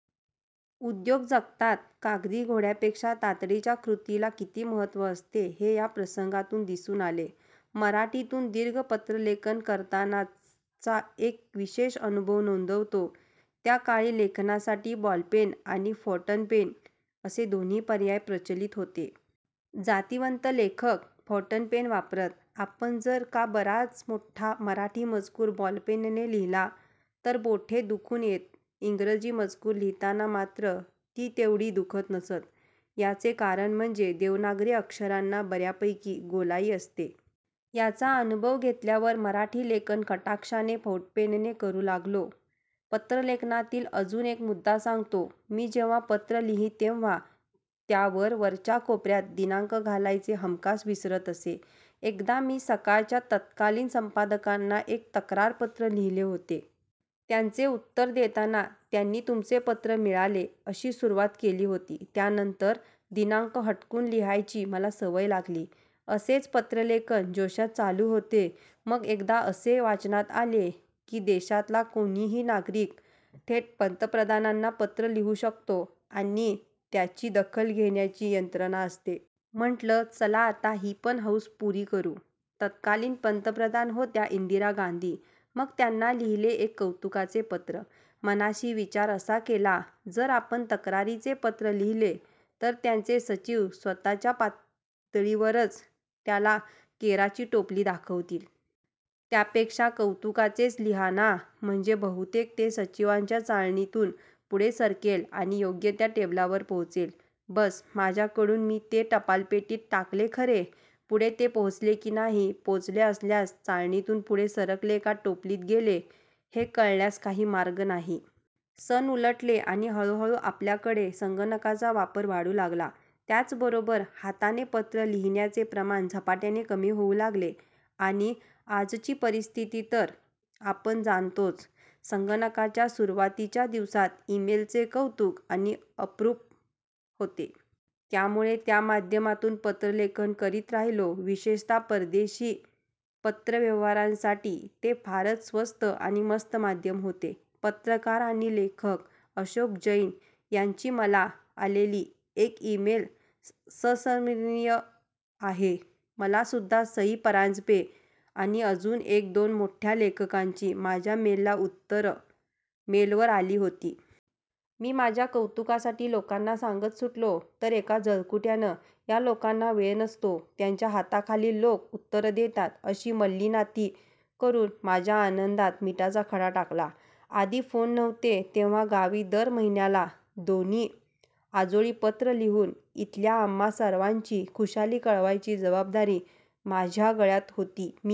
उद्योग जगतात कागदी घोड्यांपेक्षा तातडीच्या कृतीला किती महत्व असते, हे या प्रसंगातून दिसून आले. मराठीतून दीर्घ पत्रलेखन करतानाचा एक विशेष अनुभव नोंदवतो. त्या काळी लेखनासाठी बॉलपेन आणि फौंटनपेन असे दोन्ही पर्याय प्रचलित होते. जातिवंत लेखक फौंटनपेन वापरत. आपण जर का बराच मोठा मराठी मजकूर बॉलपेनने लिहिला तर बोटे दुखून येत. इंग्रजी मजकूर लिहिताना मात्र ती तेवढी दुखत नसत. याचे कारण म्हणजे देवनागरी अक्षरांना बऱ्यापैकी गोलाई असते. याचा अनुभव घेतल्यावर मराठी लेखन कटाक्षाने फौंटनपेनने करू लागलो. पत्रलेखनातील अजून एक मुद्दा सांगतो. मी जेव्हा पत्र लिही तेव्हा त्यावर वरच्या कोपऱ्यात दिनांक घालायचे हमखास विसरत असे. एकदा मी 'सकाळ' च्या तत्कालीन संपादकांना एक तक्रारपत्र लिहीले होते. त्याचे उत्तर देताना त्यांनी "तुमचे पत्र मिळाले.. " अशी सुरवात केली होती. त्यानंतर दिनांक हटकून लिहायची मला सवय लागली. असेच पत्रलेखन जोशात चालू होते. मग एकदा असे वाचनात आले की देशातला कोणीही नागरिक थेट पंतप्रधानांना पत्र लिहू शकतो आणि त्याची दखल घेण्याची यंत्रणा असते. म्हटलं, चला आता ही पण हौस पुरी करू. तत्कालीन पंतप्रधान होत्या इंदिरा गांधी. मग त्यांना लिहीले एक कौतुकाचे पत्र. मनाशी विचार असा केला. जर आपण तक्रारीचे पत्र लिहीले तर त्यांचे सचिव स्वतःच्या पातळीवरच त्याला केराची टोपली दाखवतील! त्यापेक्षा कौतुकाचेच लिहा ना, म्हणजे बहुतेक ते सचिवांच्या चाळणीतून पुढे सरकेल आणि योग्य त्या टेबलावर पोहोचेल. बस्स, माझ्याकडून मी ते टपालपेटीत टाकले खरे. पुढे ते पोचले की नाही, पोचले असल्यास चाळणीतून पुढे सरकले का टोपलीत गेले हे कळण्यास काही मार्ग नाही. सन उलटले आणि हळूहळू आपल्याकडे संगणकाचा वापर वाढू लागला. त्याचबरोबर हाताने पत्र लिहिण्याचे प्रमाण झपाट्याने कमी होऊ लागले आणि आजची परिस्थिती तर आपण जाणतोच. संगणकाच्या सुरवातीच्या दिवसात 'इ-मेल' चे कौतुक आणि अप्रूप होते. त्यामुळे त्या माध्यमातून पत्रलेखन करीत राहिलो. विशेषतः परदेशी पत्रव्यवहारासाठी ते फारच स्वस्त आणि मस्त माध्यम होते. पत्रकार आणि लेखक अशोक जैन यांची मला आलेली एक इ-मेल संस्मरणीय आहे. मला सुद्धा सई परांजपे, आणि अजून एक दोन मोठ्या लेखकांची माझ्या मेलला उत्तरं मेलवर आली होती. मी माझ्या कौतुकासाठी लोकांना सांगत सुटलो. तर एका जळकुट्यानं " या लोकांना वेळ नसतो, त्यांच्या हाताखालील लोकं उत्तर देतात" अशी मल्लीनाथी करून माझ्या आनंदात मिठाचा खडा टाकला. आधी फोन नव्हते तेव्हा गावी दर महिन्याला दोन्ही आजोळी पत्र लिहून इथल्या आम्हा सर्वांची खुशाली कळवायची जबाबदारी माझया गळ्यात होती. मी